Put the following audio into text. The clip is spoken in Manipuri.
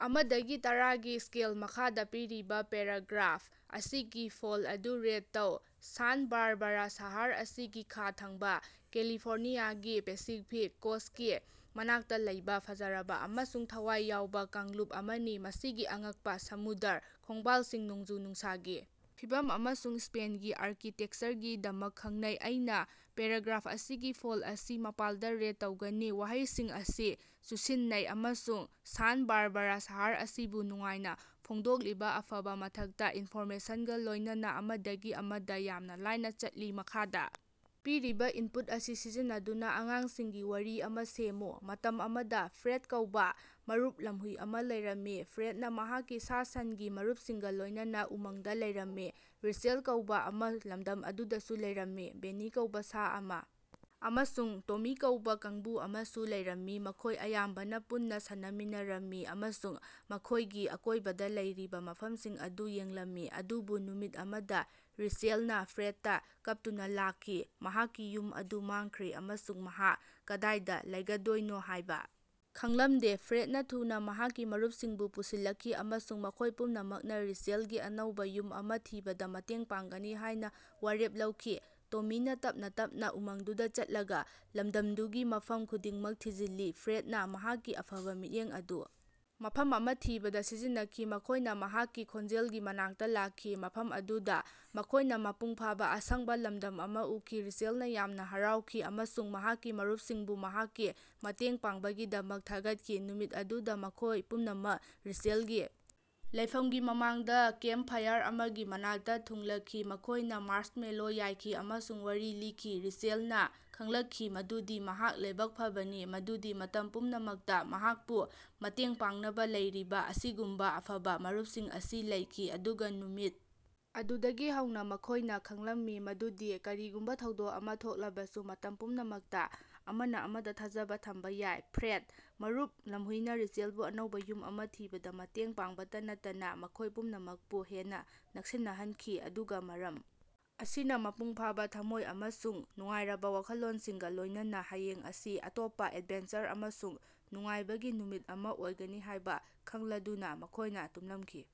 ꯑꯃꯗꯒꯤ ꯇꯔꯥꯒꯤ ꯁ꯭ꯀꯦꯜꯗ ꯃꯈꯥꯗ ꯄꯤꯔꯤꯕ ꯄꯦꯔꯥꯒ꯭ꯔꯥꯐ ꯑꯁꯤꯒꯤ ꯐ꯭ꯂꯣ ꯑꯗꯨ ꯔꯦꯠ ꯇꯧ꯫ ꯁꯥꯟꯇ ꯕꯥꯔꯕꯥꯔꯥ ꯁꯍꯔ ꯑꯁꯤꯒꯤ ꯈꯥ ꯊꯪꯕꯥ ꯀꯦꯂꯤꯐꯣꯔꯅꯤꯌꯥꯒꯤ ꯄꯦꯁꯤꯐꯤꯛ ꯀꯣꯁ꯭ꯇꯀꯤ ꯃꯅꯥꯛꯇ ꯂꯩꯕ ꯐꯖꯔꯕ ꯑꯃꯁꯨꯡ ꯊꯋꯥꯏ ꯌꯥꯎꯕ ꯀꯥꯡꯂꯨꯞ ꯑꯃꯅꯤ꯫ ꯃꯁꯤꯒꯤ ꯑꯉꯛꯄ ꯁꯃꯨꯗ꯭ꯔ ꯈꯣꯡꯕꯥꯜꯁꯤꯡ ꯅꯣꯡꯖꯨ-ꯅꯨꯡꯁꯥꯒꯤ ꯐꯤꯕꯝ ꯑꯃꯁꯨꯡ ꯁ꯭ꯄꯦꯟꯒꯤ ꯑꯥꯔꯀꯤꯇꯦꯛꯆꯔꯒꯤꯗꯃꯛ ꯈꯡꯅꯩ꯫ ꯑꯩꯅꯥ ꯄꯦꯔꯥꯒ꯭ꯔꯥꯐ ꯑꯁꯤꯒꯤ ꯐ꯭ꯂꯣ ꯑꯁꯤ ꯃꯥꯄꯜꯗ ꯔꯦꯠ ꯇꯧꯒꯅꯤ꯫ ꯋꯥꯍꯩꯁꯤꯡ ꯑꯁꯤ ꯆꯨꯁꯤꯟꯅꯩ ꯑꯃꯁꯨꯡ ꯁꯥꯟꯇꯥ ꯕꯥꯔꯕꯥꯔꯥ ꯁꯍꯔ ꯑꯁꯤꯕꯨ ꯅꯨꯡꯉꯥꯏꯅ ꯐꯣꯡꯗꯣꯛꯂꯤꯕ ꯑꯐꯕꯥ ꯃꯊꯛꯇ ꯏꯟꯐꯣꯔꯃꯦꯁꯟꯒꯥ ꯂꯣꯢꯅꯅꯥ ꯑꯃꯗꯒꯤ ꯑꯃꯗ ꯌꯥꯝꯅ ꯂꯥꯏꯅ ꯆꯠꯂꯤ꯫ ꯃꯈꯥꯗ ꯄꯤꯔꯤꯕ ꯏꯟꯄꯨꯠ ꯑꯁꯤ ꯁꯤꯖꯤꯟꯅꯗꯨꯅ ꯑꯉꯥꯡꯁꯤꯡꯒꯤ ꯋꯥꯔꯤ ꯑꯃ ꯁꯦꯝꯃꯨ꯫ ꯃꯇꯝ ꯑꯃꯗ ꯐ꯭ꯔꯦꯗ ꯀꯧꯕꯥ ꯃꯔꯨꯞ ꯂꯝꯍꯨꯏ ꯑꯃ ꯂꯩꯔꯝꯃꯤ꯫ ꯐ꯭ꯔꯦꯗꯅ ꯃꯍꯥꯛꯀꯤ ꯁꯥ-ꯁꯟꯒꯤ ꯃꯔꯨꯞꯁꯤꯡꯒ ꯂꯣꯢꯅꯅꯥ ꯎꯃꯪꯗꯥ ꯂꯩꯔꯝꯃꯤ꯫ ꯔꯦꯆꯦꯜ ꯀꯧꯕꯥ ꯑꯃ ꯂꯝꯗꯝ ꯑꯗꯨꯗꯁꯨ ꯂꯩꯔꯝꯃꯤ꯫ ꯕꯦꯅꯤ ꯀꯧꯕꯥ ꯁꯥ ꯑꯃ ꯑꯃꯁꯨꯡ ꯇꯣꯃꯤ ꯀꯧꯕꯥ ꯀꯥꯡꯕꯨ ꯑꯃꯁꯨ ꯂꯩꯔꯝꯃꯤ꯫ ꯃꯈꯣꯢ ꯑꯌꯥꯝꯕꯅ ꯄꯨꯟꯅꯥ ꯁꯥꯟꯅꯃꯤꯟꯅꯔꯝꯃꯤ ꯑꯃꯁꯨꯡ ꯃꯈꯣꯢꯒꯤ ꯑꯀꯣꯢꯕꯗ ꯂꯩꯔꯤꯕꯥ ꯃꯐꯝꯁꯤꯡ ꯑꯗꯨ ꯌꯦꯡꯂꯝꯃꯤ꯫ ꯑꯗꯨꯕꯨ ꯅꯨꯃꯤꯠ ꯑꯃꯗ ꯔꯦꯆꯦꯜꯅ ꯐ꯭ꯔꯦꯗꯇ ꯀꯞꯇꯨꯅ ꯂꯥꯛꯈꯤ꯫ ꯃꯍꯥꯛꯀꯤ ꯌꯨꯝ ꯑꯗꯨ ꯃꯥꯡꯈ꯭ꯔꯦ ꯑꯃꯁꯨꯡ ꯃꯍꯥꯛ ꯀꯗꯥꯏꯗ ꯂꯩꯒꯗꯣꯏꯅꯣ ꯍꯥꯢꯕ ꯈꯡꯂꯝꯗꯦ꯫ ꯐ꯭ꯔꯦꯗꯅ ꯊꯨꯅꯥ ꯃꯍꯥꯛꯀꯤ ꯃꯔꯨꯄꯁꯤꯡꯕꯨ ꯄꯨꯟꯁꯤꯜꯂꯛꯈꯤ ꯑꯃꯁꯨꯡ ꯃꯈꯣꯢ ꯄꯨꯝꯅꯃꯛꯅ ꯔꯦꯆꯦꯜꯒꯤ ꯑꯅꯧꯕ ꯌꯨꯝ ꯑꯃ ꯊꯤꯕꯗ ꯃꯇꯦꯡ ꯄꯥꯡꯒꯅꯤ ꯍꯥꯢꯅ ꯋꯥꯔꯦꯞ ꯂꯧꯈꯤ꯫ ꯇꯣꯃꯤꯅꯥ ꯇꯞꯅꯥ ꯇꯞꯅꯥ ꯎꯃꯪꯗꯨꯗ ꯆꯠꯂꯒ ꯂꯝꯗꯝꯗꯨꯒꯤ ꯃꯐꯝ ꯈꯨꯗꯤꯡꯃꯛ ꯊꯤꯖꯤꯜꯂꯤ꯫ ꯐ꯭ꯔꯦꯗꯅꯥ ꯃꯍꯥꯛꯀꯤ ꯑꯐꯕꯥ ꯃꯤꯠꯌꯦꯡ ꯑꯗꯨ ꯃꯐꯝ ꯑꯃ ꯊꯤꯕꯗ ꯁꯤꯖꯤꯟꯅꯈꯤ꯫ ꯃꯈꯣꯢꯅ ꯃꯍꯥꯛꯀꯤ ꯈꯣꯟꯖꯦꯜꯒꯤ ꯃꯅꯥꯛꯇ ꯂꯥꯛꯈꯤ ꯃꯐꯝ ꯑꯗꯨꯗ ꯃꯈꯣꯢꯅ ꯃꯄꯨꯡ ꯐꯥꯕ ꯑꯁꯪꯕꯥ ꯂꯝꯗꯝ ꯑꯃ ꯎꯈꯤ꯫ ꯔꯦꯆꯦꯜꯅ ꯌꯥꯝꯅ ꯍꯔꯥꯎꯈꯤ ꯑꯃꯁꯨꯡ ꯃꯍꯥꯛꯀꯤ ꯃꯔꯨꯞꯁꯤꯡꯕꯨ ꯃꯍꯥꯛꯀꯤ ꯃꯇꯦꯡ ꯄꯥꯡꯕꯒꯤꯗꯃꯛ ꯊꯥꯒꯠꯈꯤ꯫ ꯅꯨꯃꯤꯠ ꯑꯗꯨꯗꯥ ꯃꯈꯣꯏ ꯄꯨꯝꯅꯃꯛ ꯔꯦꯆꯦꯜꯒꯤ ꯂꯩꯐꯝꯒꯤ ꯃꯃꯥꯡꯗ ꯀꯦꯝꯄ ꯐꯥꯏꯔ ꯑꯃꯒꯤ ꯃꯅꯥꯛꯇ ꯊꯨꯡꯂꯈꯤ꯫ ꯃꯈꯣꯢꯅ ꯃꯥꯔꯁꯃꯦꯂꯣ ꯌꯥꯏꯈꯤ ꯑꯃꯁꯨꯡ ꯋꯥꯔꯤ ꯂꯤꯈꯤ꯫ ꯔꯦꯆꯦꯜꯅ ꯈꯪꯂꯛꯈꯤ ꯃꯗꯨꯗꯤ ꯃꯍꯥꯛ ꯂꯥꯏꯕꯛ ꯐꯕꯅꯤ ꯃꯗꯨꯗꯤ ꯃꯇꯝ ꯄꯨꯝꯅꯃꯛꯇ ꯃꯍꯥꯛꯄꯨ ꯃꯇꯦꯡ ꯄꯥꯡꯅꯕ ꯂꯩꯔꯤꯕ ꯑꯁꯤꯒꯨꯝꯕꯥ ꯑꯐꯕ ꯃꯔꯨꯞꯁꯤꯡ ꯑꯁꯤ ꯂꯩꯈꯤ꯫ ꯑꯗꯨꯒ ꯅꯨꯃꯤꯠ ꯑꯗꯨꯗꯒꯤ ꯍꯧꯅ ꯃꯈꯣꯢꯅ ꯈꯪꯂꯝꯃꯤ ꯃꯗꯨꯗꯤ ꯀꯔꯤꯒꯨꯝꯕ ꯊꯧꯗꯣꯛ ꯑꯃ ꯊꯣꯛꯂꯕꯁꯨ ꯃꯇꯝ ꯄꯨꯝꯅꯃꯛꯇ ꯑꯃꯅ ꯑꯃꯗ ꯊꯥꯖꯕ ꯊꯝꯕ ꯌꯥꯏ꯫ ꯐ꯭ꯔꯦꯗ ꯃꯔꯨꯞ ꯂꯝꯍꯨꯏꯅ ꯔꯦꯆꯦꯜꯕꯨ ꯑꯅꯧꯕ ꯌꯨꯝ ꯑꯃ ꯊꯤꯕꯗ ꯃꯇꯦꯡ ꯄꯥꯡꯕꯇ ꯅꯠꯇꯅ ꯃꯈꯣꯢ ꯄꯨꯝꯅꯃꯛꯄꯨ ꯍꯦꯟꯅ ꯅꯛꯁꯤꯟꯅꯍꯟꯈꯤ꯫ ꯑꯗꯨꯒ ꯃꯔꯝ ꯑꯁꯤꯅ ꯃꯄꯨꯡ ꯐꯥꯕ ꯊꯃꯣꯢ ꯑꯃꯁꯨꯡ ꯅꯨꯡꯉꯥꯏꯔꯕ ꯋꯥꯈꯜꯂꯣꯟꯁꯤꯡꯒ ꯂꯣꯢꯅꯅꯥ ꯍꯌꯦꯡ ꯑꯁꯤ ꯑꯇꯣꯞꯄ ꯑꯦꯗꯚꯦꯟꯆꯔ ꯑꯃꯁꯨꯡ ꯅꯨꯡꯉꯥꯏꯕꯒꯤ ꯅꯨꯃꯤꯠ ꯑꯃꯥ ꯑꯣꯏꯒꯅꯤ ꯍꯥꯢꯕꯥ ꯈꯡꯂꯗꯨꯅ ꯃꯈꯣꯢꯅ ꯇꯨꯝꯂꯝꯈꯤ꯫